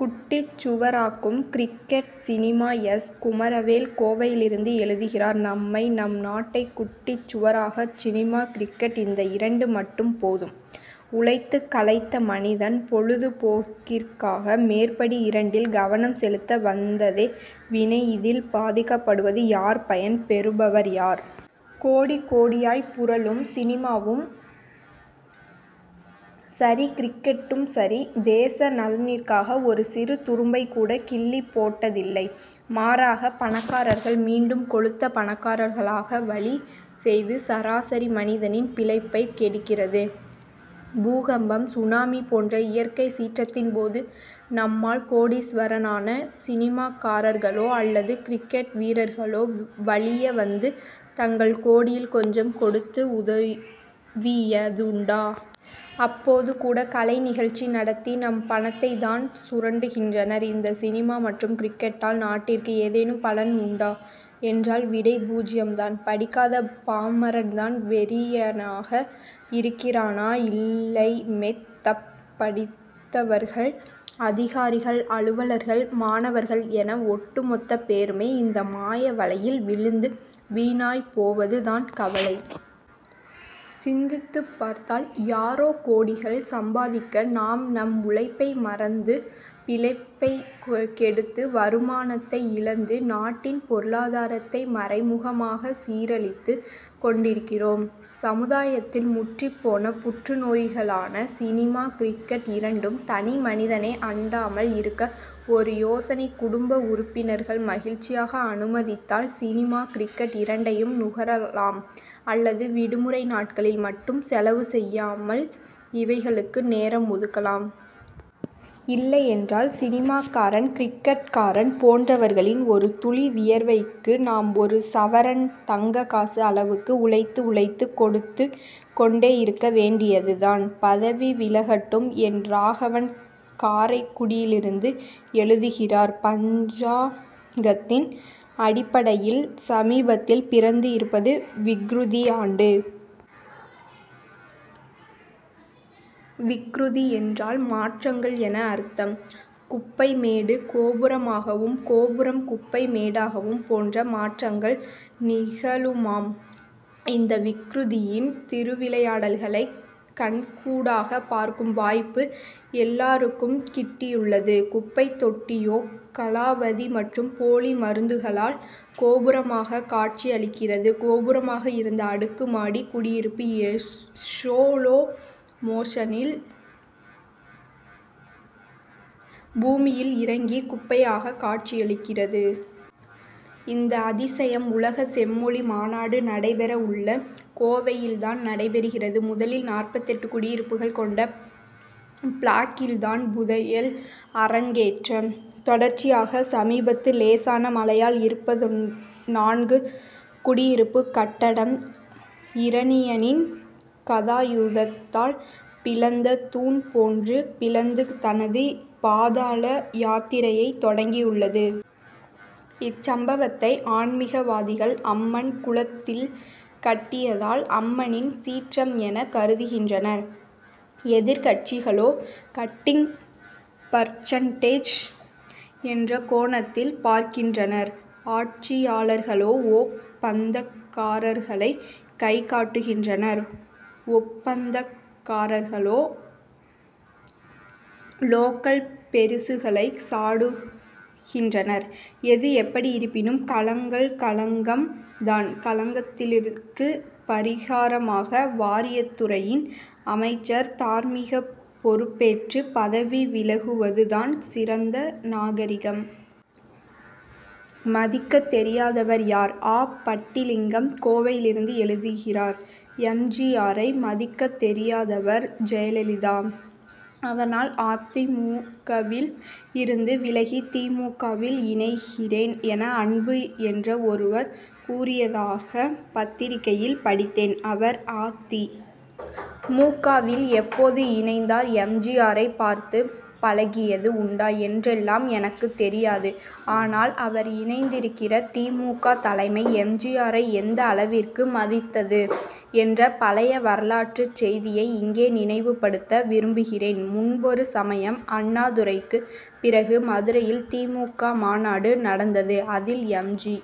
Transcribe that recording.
குட்டிச்சுவராக்கும் cricket cinema S. Kumaravel கோவையிலிருந்து எழுதுகிறார் நம்மை நம் நாட்டை குட்டிச் சுவராக்க சினிமா கிரிக்கெட் இந்த இரண்டு மட்டும் போதும். உழைத்துக் களைத்த மனிதன் பொழுதுபோக்கிற்காக மேற்படி இரண்டில் கவனம் செலுத்த வந்ததே வினைஇதில் பாதிக்கப்படுவது யார் பயன் பெறுபவர் யார்? கோடி கோடியாய் புரளும் சினிமாவும் சரி கிரிக்கெட்டும் சரி தேச நலனிற்காக ஒரு சிறு துரும்பைக் கூட கிள்ளிப் போட்டதில்லை. மாறாக பணக்காரர்கள் மீண்டும் கொழுத்த பணக்காரர்களாக வழி செய்து சராசரி மனிதனின் பிழைப்பை கெடுக்கிறது. பூகம்பம் சுனாமி போன்ற இயற்கை சீற்றத்தின் போது நம்மால் கோடீஸ்வரனான சினிமாக்காரர்களோ அல்லது கிரிக்கெட் வீரர்களோ வலிய வந்து தங்கள் கோடியில் கொஞ்சம் கொடுத்து உதவியதுண்டா? அப்போது கூட கலை நிகழ்ச்சி நடத்தி நம் பணத்தைத் தான் சுரண்டுகின்றனர். இந்த சினிமா மற்றும் கிரிக்கெட்டால் நாட்டிற்கு ஏதேனும் பலன் உண்டா என்றால் விடை பூஜ்யம் தான். படிக்காத பாமரன் தான் வெறியனாக இருக்கிறானா இல்லைமெத் தப் படித்தவர்கள் அதிகாரிகள் அலுவலர்கள் மாணவர்கள் என ஒட்டு மொத்த பேருமே இந்த மாய வலையில் விழுந்து வீணாய் போவது தான் கவலை. சிந்தித்துப் பார்த்தால் யாரோ கோடிகள் சம்பாதிக்க நாம் நம் உழைப்பை மறந்து பிழைப்பை கெடுத்து வருமானத்தை இழந்து நாட்டின் பொருளாதாரத்தை மறைமுகமாக சீரழித்துக் கொண்டிருக்கிறோம். சமுதாயத்தில் முற்றிப் போன புற்று நோய்களான சினிமா கிரிக்கெட் இரண்டும் தனி மனிதனை அண்டாமல் இருக்க ஒரு யோசனைகுடும்ப உறுப்பினர்கள் மகிழ்ச்சியாக அனுமதித்தால் சினிமா கிரிக்கெட் இரண்டையும் நுகரலாம் அல்லது விடுமுறை நாட்களில் மட்டும் செலவு செய்யாமல் இவைகளுக்கு நேரம் ஒதுக்கலாம். இல்லையென்றால் சினிமாக்காரன் கிரிக்கெட் காரன் போன்றவர்களின் ஒரு துளி வியர்வைக்கு நாம் ஒரு சவரன் தங்க காசு அளவுக்கு உழைத்து உழைத்து கொடுத்துக் கொண்டேயிருக்க வேண்டியது தான். பதவி விலகட்டும்! என். ராகவன் காரைக்குடியிலிருந்து எழுதுகிறார் பஞ்சாங்கத்தின் அடிப்படையில் சமீபத்தில் பிறந்து இருப்பது விக்ருதி ஆண்டு. விக்ருதி என்றால் மாற்றங்கள் என அர்த்தம். குப்பைமேடு கோபுரமாகவும் கோபுரம் குப்பை மேடாகும் போன்ற மாற்றங்கள் நிகழுமாம். இந்த விக்ருதியின் திருவிளையாடல்களை கண்கூடாக பார்க்கும் வாய்ப்பு எல்லாருக்கும் கிட்டியுள்ளது. குப்பைத் தொட்டியோ காலாவதி மற்றும் போலி மருந்துகளால் கோபுரமாக காட்சி அளிக்கிறது கோபுரமாக இருந்த அடுக்கு மாடி குடியிருப்பு ஸ்லோ மோஷனில் பூமியில் இறங்கி குப்பையாக காட்சி அளிக்கிறது. இந்த அதிசயம் உலக செம்மொழி மாநாடு நடைபெற உள்ள கோவையில் தான் நடைபெறுகிறது. முதலில் நாற்பத்தெட்டு குடியிருப்புகள் கொண்ட பிளாக்கில் தான் புதையல் அரங் கேற்றம். தொடர்ச்சியாக சமீபத்து லேசான மழையால் இருபத்துநான்கு குடியிருப்பு கட்டடம் இரணியனின் கதாயுதத்தால் பிளந்த தூண் போன்று பிளந்து தனது பாதாள யாத்திரையை தொடங்கி உள்ளது. இச்சம்பவத்தை ஆன்மிகவாதிகள் அம்மன் குளத் தில் கட்டியதால் அம்மனின் சீற்றம் என கருதுகின்றனர். எதிர்க்கட்சிகளோ கட்டிங் பர்சன்டேஜ் என்ற கோணத்தில் பார்க்கின்றனர். ஆட்சியாளர்களோ ஒப் பந்தக்காரர்களை கை காட்டுகின்றனர். ஒப்பந்தக்காரர்களோ லோக்கல் பெரிசுகளை சாடுகின்றனர். எது எப்படி இருப்பினும் களங்கம் களங்கம் தான். களங்கத்திற்கு பரிகாரமாக வாரியத்துறையின் அமைச்சர் தார்மீக பொறுப் பேற்று பதவி விலகுவது தான் சிறந்த நாகரிகம். மதிக்கத்தெரியாதவர் யார்? ஆ. பட்டிலிங்கம் கோவையிலிருந்து எழுதுகிறார் எம். ஜி. ஆரை மதிக்கத் தெரியாதவர் ஜெயலலிதா. அதனால் அ. தி. மு. க.வில் இருந்து விலகி தி. மு. க.வில் இணைகிறேன் என அன்பு என்ற ஒருவர் கூறியதாக பத்திரிகையில் படித்தேன். அவர் அ. தி. மு. க.வில் எப்போது இணைந்தார் எம். ஜி. ஆரை பார்த்து பழகியது உண்டா என்றெல்லாம் எனக்குத் தெரியாது. ஆனால் அவர் இணைந்திருக்கிற தி. மு. க. தலைமை எம். ஜி. ஆரை எந்த அளவிற்கு மதித்தது என்ற பழைய வரலாற்றுச் செய்தியை இங்கே நினைவுப்படுத்த விரும்புகிறேன்முன்பொரு சமயம் அண்ணாதுரைக்கு பிறகு மதுரையில் தி. மு. க. மாநாடு நடந்தது. அதில் எம். ஜி.